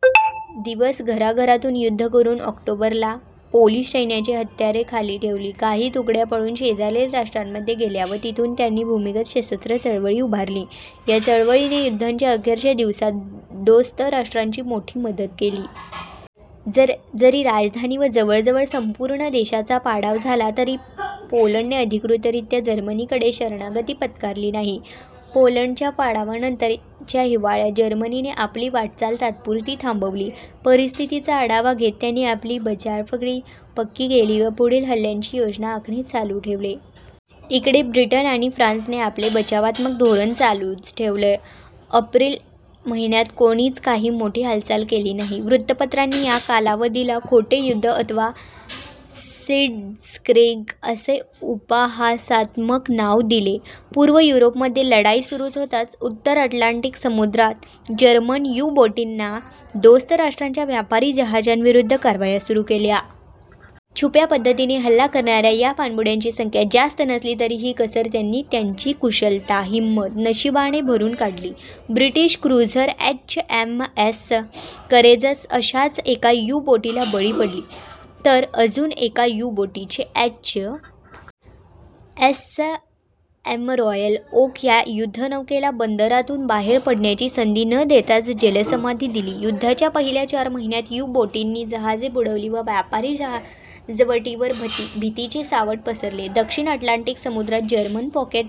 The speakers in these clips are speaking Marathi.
- दिवस घराघरातून युद्ध करून ऑक्टोबर ला पोलिश सैन्याने हत्यारे खाली ठेवली. काही तुकड्या पळून शेजारील राष्ट्रांमध्ये गेल्या व तेथून त्यांनी भूमिगत सशस्त्र चळवळ उभारली. या चळवळीने युद्धाच्या अखेरच्या दिवसांत दोस्त राष्ट्रांची मोठी मदत केली. जरी राजधानी व जवळजवळ संपूर्ण देशाचा पाडाव झाला तरी पोलंडने अधिकृतरीत्या जर्मनीकडे शरणागती पत्करली नाही. पोलंडच्या पाडावानंतर च्या हिवाळ्यात जर्मनीने आपली वाटचाल तात्पुरती थांबवली. परिस्थितीचा आढावा घेत त्यांनी आपली बचावफळी पक्की केली व पुढील हल्ल्यांची योजना आखणे चालू ठेवले. इकडे ब्रिटन व फ्रान्सने आपले बचावात्मक धोरण चालूच ठेवले. एप्रिल पर्यंत कोणीच काही मोठी हालचाल केली नाही. वृत्तपत्रांनी या कालावधीला खोटे युद्ध अथवा सिट्झक्रीग असे उपहासात्मक नाव दिले. पूर्व युरोपमध्ये लढाई सुरू होताच उत्तर अटलांटिक समु्द्रात जर्मन यु-बोटींनी दोस्त राष्ट्रांच्या व्यापारी जहाजांविरुद्ध कारवाया सुरू केल्या. छुप्या पद्धतीने हल्ला करणाऱ्या या पाणबुड्यांची संख्या जास्त नसली तरी ही कसर त्यांनी त्यांची कुशलता, हिंमत व नशीबाने भरून काढली. British cruiser H. M. S. Courageous अशाच एका यु-बोटीला बळी पडली तर अजून एका यु-बोटीने H. M. S. Royal Oak या युद्धनौकेला बंदरातून बाहेर पडण्याची संधी न देताच जलसमाधी दिली. युद्धाच्या पहिल्या चार महिन्यात यु-बोटींनी जहाजे बुडवली व व्यापारी जहाजवटीवर भीतीचे सावट पसरवले. दक्षिण अटलांटिक समुद्रात German pocket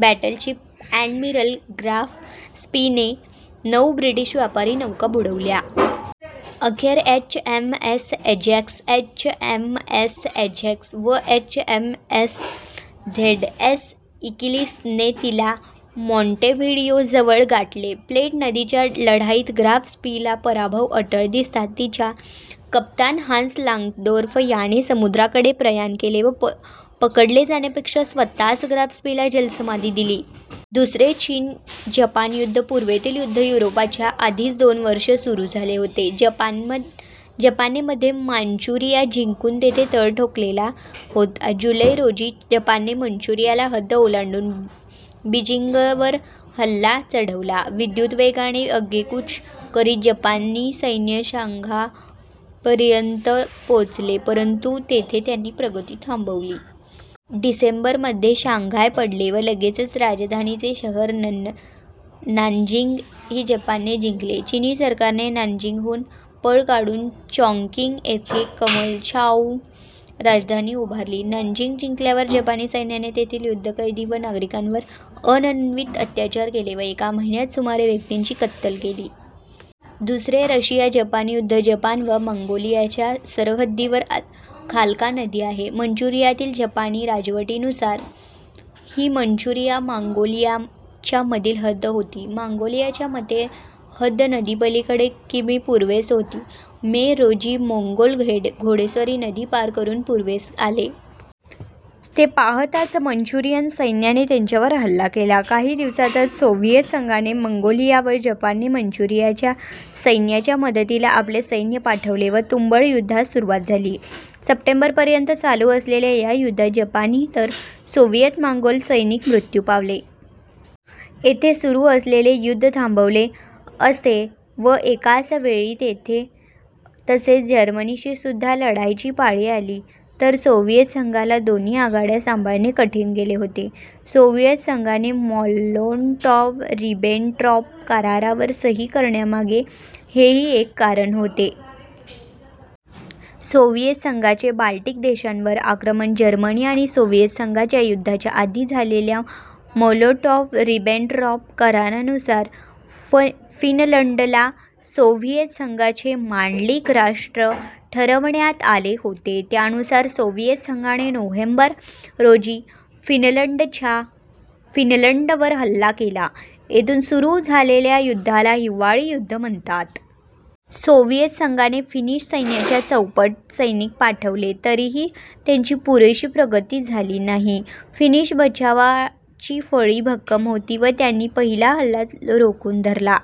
battleship admiral Graf स्पीने नऊ ब्रिटिश व्यापारी नौका बुडवल्या. अखेर H. M. S. Ajax, H. M. S. Exeter व H. M. N. Z. S. Achilles ने तिला मॉॅंटेव्हिडियोजवळ गाठले. प्लेट नदीच्या लढाईत ग्राफ स्पीला पराभव अटळ दिसता तिच्या कप्तान हान्स लांग्सदोर्फ याने समुद्राकडे प्रयाण केले व पकडले जाण्यापेक्षा स्वतःच ग्राफ स्पीला जलसमाधी दिली. दुसरे चीन-जपान युद्ध पूर्वेतील युद्ध युरोपच्या आधीच दोन वर्षे सुरू झाले होते. जपानने मध्ये मांचुरिया जिंकून तेथे तळ ठोकलेला होता. जुलै, रोजी जपानने मांचुरियाची हद्द ओलांडून बिजींगवर हल्ला चढवला. विद्युतवेगाने आगेकूच करीत जपानी सैन्य शांघायपर्यंत पोचले परंतु तेथे त्यांची प्रगती थांबली. डिसेंबर मध्ये शांघाय पडले व लगेचच राजधानीचे शहर नानजिंग ही जपानने जिंकले. चीनी सरकारने नानजिंगहून पळ काढून चॉॅंगकिंग येथे कामचलाऊ राजधानी उभारली. नानजिंग जिंकल्यावर जपानी सैन्याने तेथील युद्धकैदी व नागरिकांवर अनन्वित अत्याचार केले व एका महिन्यात सुमारे व्यक्तींची कत्तल केली. दुसरे रशिया-जपान युद्ध जपान व मंगोलियाच्या सरहद्दीवर खाल्का नदी आहे. मांचुरियातील जपानी राजवटीनुसार ही मांचुरिया-मंगोलियाच्यामधील हद्द होती. मंगोलियाच्या मते हद्द नदीपलीकडे किमी पूर्वेस होती. मे, रोजी मोंगोल घोडेस्वार नदी पार करून पूर्वेस आले. ते पाहताच मांचुरियन सैन्याने त्यांच्यावर हल्ला केला. काही दिवसातच सोव्हिएत संघाने मंगोलिया व जपानने मांचुरियाच्या सैन्याच्या मदतीला आपले सैन्य पाठवले व तुंबळ युद्धास सुरुवात झाली. सप्टेंबरपर्यंत चालू असलेल्या या युद्धात जपानी तर सोव्हिएत-मंगोल सैनिक मृत्यू पावले. येथे सुरू असलेले युद्ध थांबले नसते व एकाच वेळी येथ तसेच जर्मनीशीसुद्धा लढायची पाळी आली तर सोव्हिएत संघाला दोन्ही आघाड्या संभाळणे कठीण गेले होते. सोव्हिएत संघाने मोलोटॉव्ह-रिबेनट्रॉप करारावर सही करण्यामागे हेही एक कारण होते. सोव्हिएत संघाचे बाल्टिक देशांवर आक्रमण जर्मनी व सोव्हिएत संघात युद्धाच्या आधी झालेल्या मोलोटॉव्ह-रिबेनट्रॉप करारानुसार फिनलंडला सोव्हिएत संघाचे मांडलिक राष्ट्र ठरवण्यात आले होते. त्यानुसार सोव्हिएत संघाने नोव्हेंबर, रोजी फिनलंडवर हल्ला केला. येथून सुरू झालेल्या युद्धाला हिवाळी युद्ध म्हणतात. सोव्हिएत संघाने फिनिश सैन्याच्या चौपट सैनिक पाठवले तरीही त्यांची पुरेशी प्रगती झाली नाही. फिनिश बचावाची फळी भक्कम होती व त्यांनी पहिला हल्ला रोखून धरला.